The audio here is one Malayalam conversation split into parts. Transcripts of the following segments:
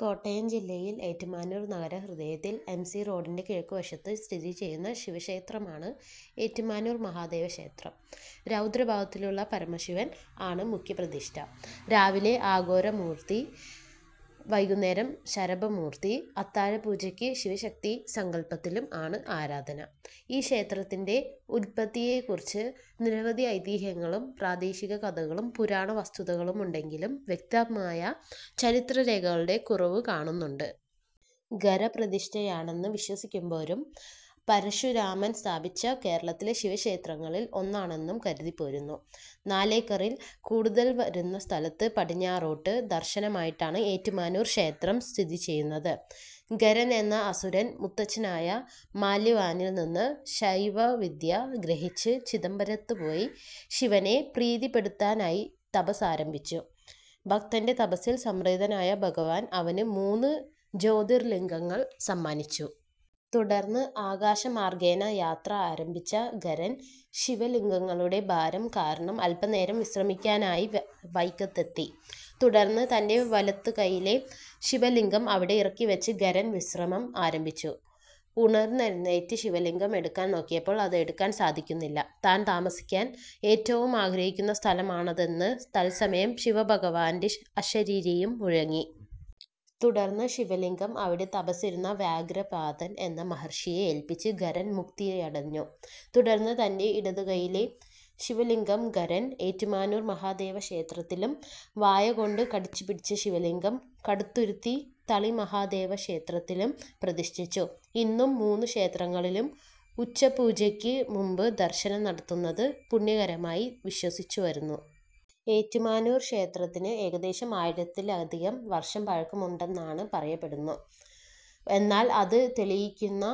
കോട്ടയം ജില്ലയിൽ ഏറ്റുമാനൂർ നഗരഹൃദയത്തിൽ എം. സി. റോഡിന്റെ കിഴക്കുവശത്ത് സ്ഥിതിചെയ്യുന്ന ശിവക്ഷേത്രമാണ് ഏറ്റുമാനൂർ മഹാദേവ ക്ഷേത്രം. രൗദ്ര ഭാവത്തിലുള്ള പരമശിവൻ ആണ് മുഖ്യ പ്രതിഷ്ഠ. രാവിലെ അഘോരമൂർത്തി, വൈകുന്നേരം ശരഭമൂർത്തി, അത്താഴപൂജക്ക് ശിവശക്തി സങ്കല്പത്തിലും ആണ് ആരാധന. ഈ ക്ഷേത്രത്തിന്റെ ഉത്പത്തിയെക്കുറിച്ച് നിരവധി ഐതിഹ്യങ്ങളും, പ്രാദേശിക കഥകളും പുരാണ വസ്തുതകളുമുണ്ടെങ്കിലും വ്യക്തമായ ചരിത്രരേഖകളുടെ കുറവുകാണുന്നുണ്ട്. ഖരപ്രതിഷ്ഠയാണന്നു വിശ്വസിക്കുമ്പോഴും പരശുരാമൻ സ്ഥാപിച്ച കേരളത്തിലെ ശിവക്ഷേത്രങ്ങളിൽ ഒന്നാണന്നും കരുതിപോരുന്നു. നാലേക്കറിൽ കൂടുതൽ വരുന്ന സ്ഥലത്ത് പടിഞ്ഞാറോട്ട് ദർശനമായിട്ടാണ് ഏറ്റുമാനൂർ ക്ഷേത്രം സ്ഥിതിചെയ്യുന്നത്.. ഖരൻ എന്ന അസുരൻ മുത്തച്ഛനായ മാല്യവാനിൽ നിന്ന് ശൈവവിദ്യ ഗ്രഹിച്ച് ചിദംബരത്തുപോയി ശിവനെ പ്രീതിപ്പെടുത്താനായി തപസ്സാരംഭിച്ചു. ഭക്തന്റെ തപസ്സിൽ സംപ്രീതനായ ഭഗവാൻ അവന് മൂന്ന് ജ്യോതിർലിംഗങ്ങൾ സമ്മാനിച്ചു. തുടർന്ന്, ആകാശമാർഗ്ഗേണ യാത്ര ആരംഭിച്ച ഖരൻ ശിവലിംഗങ്ങളുടെ ഭാരം കാരണം അല്പനേരം വിശ്രമിയ്ക്കാനായി വൈക്കത്തെത്തി. തുടർന്ന്, തന്റെ വലതുകയ്യിലെ ശിവലിംഗം അവിടെ ഇറക്കിവച്ച് ഖരൻ വിശ്രമം ആരംഭിച്ചു. ഉണർന്നെഴുന്നേറ്റ് ശിവലിംഗം എടുക്കാൻ നോക്കിയപ്പോൾ അത് എടുക്കാൻ സാധിയ്ക്കുന്നില്ല. താൻ താമസിയ്ക്കാൻ ഏറ്റവും ആഗ്രഹിയ്ക്കുന്ന സ്ഥലമാണതെന്ന് തത്സമയം ശിവഭഗവാന്റെ അശരീരിയും മുഴങ്ങി. തുടർന്ന്, ശിവലിംഗം അവിടെ തപസ്സിരുന്ന വ്യാഘ്രപാദൻ എന്ന മഹർഷിയെ ഏല്പിച്ച് ഖരൻ മുക്തിയടഞ്ഞു. തുടർന്ന് തന്റെ ഇടതുകയ്യിലെ ശിവലിംഗം ഖരൻ ഏറ്റുമാനൂർ മഹാദേവക്ഷേത്രത്തിലും വായ കൊണ്ട് കടിച്ചുപിടിച്ച ശിവലിംഗം കടുത്തുരുത്തി തളി മഹാദേവക്ഷേത്രത്തിലും പ്രതിഷ്ഠിച്ചു. ഇന്നും മൂന്ന് ക്ഷേത്രങ്ങളിലും ഉച്ചപ്പൂജയ്ക്ക് മുമ്പ് ദർശനം നടത്തുന്നത് പുണ്യകരമായി വിശ്വസിച്ചുവരുന്നു. ഏറ്റുമാനൂർ ക്ഷേത്രത്തിന് ഏകദേശം ആയിരത്തിലധികം വർഷം പഴക്കമുണ്ടെന്നാണ് പറയപ്പെടുന്നു. എന്നാൽ, അത് തെളിയിയ്ക്കുന്ന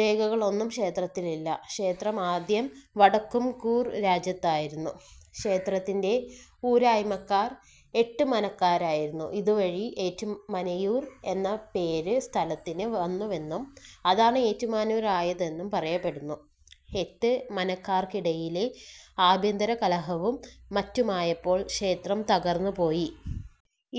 രേഖകളൊന്നും ക്ഷേത്രത്തിലില്ല. ക്ഷേത്രം ആദ്യം വടക്കുംകൂർ രാജ്യത്തായിരുന്നു. ക്ഷേത്രത്തിന്റെ ഊരായ്മക്കാർ എട്ട് മനക്കാരായിരുന്നു. ഇതുവഴി 'എറ്റുമനയൂർ' എന്ന പേര് സ്ഥലത്തിന് വന്നുവെന്നും അതാണ് ഏറ്റുമാനൂർ ആയതെന്നും പറയപ്പെടുന്നു. എട്ട് മനക്കാർക്കിടയിലെ ആഭ്യന്തരകലഹവും മറ്റുമായപ്പോൾ ക്ഷേത്രം തകർന്നുപോയി.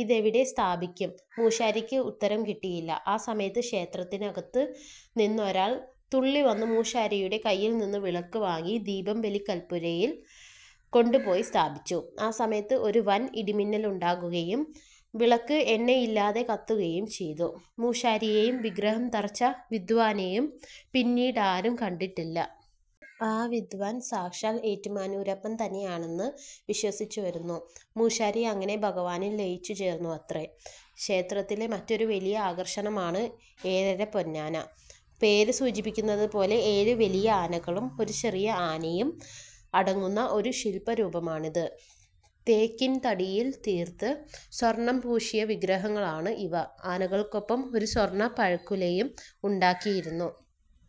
ഇതെവിടെ സ്ഥാപിയ്ക്കും? ' മൂശാരിയ്ക്ക് ഉത്തരം കിട്ടിയില്ല. ആ സമയത്ത് ക്ഷേത്രത്തിനകത്തുനിന്നൊരാൾ തുള്ളിവന്ന് മൂശാരിയുടെ കയ്യിൽ നിന്ന് വിളക്ക് വാങ്ങി ദീപം ബലിക്കൽപ്പുരയിൽ കൊണ്ടുപോയി സ്ഥാപിച്ചു. ആ സമയത്ത് ഒരു വൻ ഇടിമിന്നലുണ്ടാകുകയും വിളക്ക് എണ്ണയില്ലാതെ കത്തുകയും ചെയ്തു. മൂശാരിയെയും വിഗ്രഹം തറച്ച വിദ്വാനെയും പിന്നീടാരും കണ്ടിട്ടില്ല. ആ വിദ്വാൻ സാക്ഷാൽ ഏറ്റുമാനൂരപ്പൻ തന്നെയാണെന്ന് വിശ്വസിച്ചുവരുന്നു. മൂശാരി അങ്ങനെ ഭഗവാനിൽ ലയിച്ചുചേർന്നുവത്രേ! ക്ഷേത്രത്തിലെ മറ്റൊരു വലിയ ആകർഷണമാണ് ഏഴരപ്പൊന്നാന. പേര് സൂചിപ്പിയ്ക്കുന്നതുപോലെ ഏഴ് വലിയ ആനകളും ഒരു ചെറിയ ആനയും അടങ്ങുന്ന ഒരു ശില്പരൂപമാണിത്. തേക്കിൻതടിയിൽ തീർത്ത് സ്വർണ്ണം പൂശിയ വിഗ്രഹങ്ങളാണ് ഇവ. ആനകൾക്കൊപ്പം ഒരു സ്വർണ്ണ പഴക്കുലയും ഉണ്ടാക്കിയിരുന്നു.